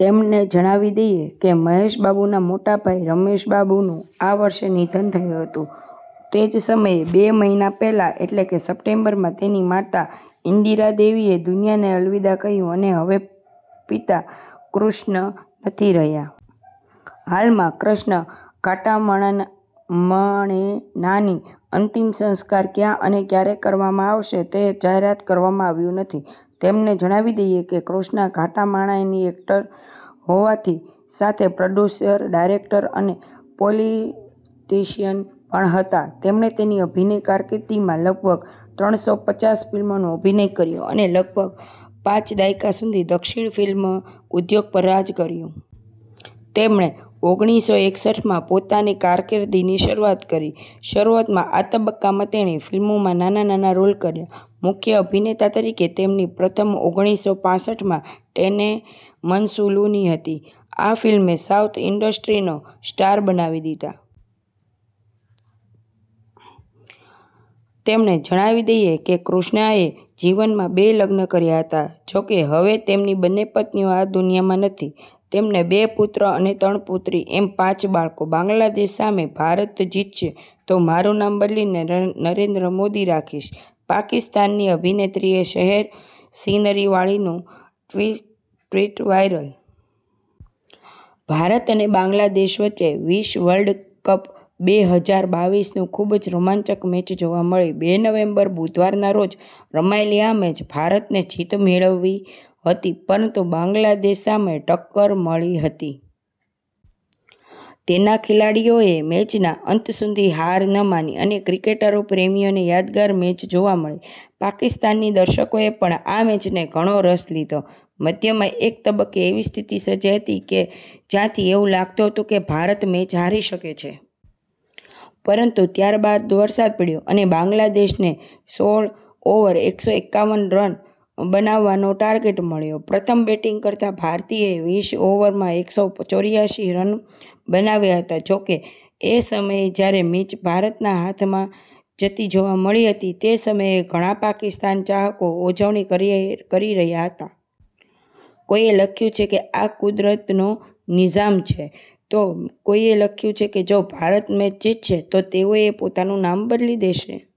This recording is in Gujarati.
તમને જણાવી દઈએ કે મહેશ બાબુના મોટા ભાઈ રમેશ બાબુનું આ વર્ષે નિધન થયું હતું. તે જ સમયે, બે મહિના પહેલા એટલે કે સપ્ટેમ્બરમાં, તેમની માતા ઇન્દિરા દેવીએ દુનિયાને અલવિદા કહ્યું. હવે તેના પિતા કૃષ્ણ નથી રહ્યા. હાલમાં, કૃષ્ણ ઘાટ્ટાંમાણેનીના અંતિમ સંસ્કાર ક્યારે અને ક્યાં કરવામાં આવશે તે જાહેર કરવામાં આવ્યું નથી. તમને જણાવી દઈએ કે કૃષ્ણા ઘાટ્ટાંમાણેની એક્ટર હોવાની સાથે પ્રોડ્યુસર, ડિરેક્ટર અને પોલિટિશિયન પણ હતા. તેણે તેની અભિનય કારકિર્દીમાં લગભગ ત્રણસો પચાસ ફિલ્મોમાં અભિનય કર્યો અને લગભગ પાંચ દાયકા સુધી દક્ષિણ ફિલ્મ ઉદ્યોગ પર રાજ કર્યું. તેણે ઓગણીસો એકસઠ માં પોતાની કારકિર્દીની શરૂઆત કરી હતી. શરૂઆતના તબક્કામાં તેણે ફિલ્મોમાં નાના રોલ કર્યા. મુખ્ય અભિનેતા તરીકે તેમની પ્રથમ ફિલ્મ ઓગણીસો પાસઠમાં ટેને મનસુલુ હતી. આ ફિલ્મે તેને સાઉથ ઈન્ડસ્ટ્રીનો સ્ટાર બનાવી દીધા. તમને જણાવી દઈએ કે કૃષ્ણાએ જીવનમાં બે લગ્ન કર્યા હતા, જો કે હવે તેમની બંને પત્નીઓ આ દુનિયામાં નથી. તેમને બે પુત્રો અને ત્રણ પુત્રી એમ પાંચ બાળકો છે. બાંગ્લાદેશ સામે ભારત જીતશે તો મારું નામ બદલીને નરેન્દ્ર મોદી રાખીશ, પાકિસ્તાની અભિનેત્રી સેહર શિનવારીનું ટ્વિટ વાઈરલ. ભારત અને બાંગ્લાદેશ વચ્ચે વીસ વર્લ્ડ કપ બે હજાર બાવીસ ની ખૂબ જ રોમાંચક મેચ જોવા મળી હતી. બે નવેમ્બર, બુધવારના રોજ રમાયેલી આ મેચમાં ભારતે જીત મેળવી હતી, પરંતુ બાંગ્લાદેશ સામે ટક્કર મળી હતી. તેના ખેલાડીઓએ મેચના અંત સુધી હાર ન માની અને ક્રિકેટ પ્રેમીઓને યાદગાર મેચ જોવા મળી. પાકિસ્તાની દર્શકોએ પણ આ મેચમાં ઘણો રસ લીધો હતો. મધ્યમાં એક તબક્કે એવી સ્થિતિ સર્જાઈ હતી, જ્યાંથી એવું લાગતું હતું કે ભારત મેચ હારી શકે છે. પરંતુ ત્યારબાદ વરસાદ પડ્યો અને બાંગ્લાદેશને સોડ ઓવરમાં એકસો એકાવન રન બનાવવાનો ટાર્ગેટ મળ્યો. પ્રથમ બેટિંગ કરતા ભારતે વીસ ઓવરમાં એકસો ચોર્યાસી રન બનાવ્યા હતા. જો કે, એક સમયે જ્યારે મેચ ભારતના હાથમાંથી જતી જોવા મળી રહી હતી, તે સમયે ઘણા પાકિસ્તાની ચાહકો ઉજવણી કરી રહ્યા હતા. કોઈએ લખ્યું કે આ 'કુદરતનો નિઝામ' છે તો કોઈએ લખ્યું કે જો ભારત મેચ જીતશે તો તેઓ પોતાનું નામ બદલી દેશે.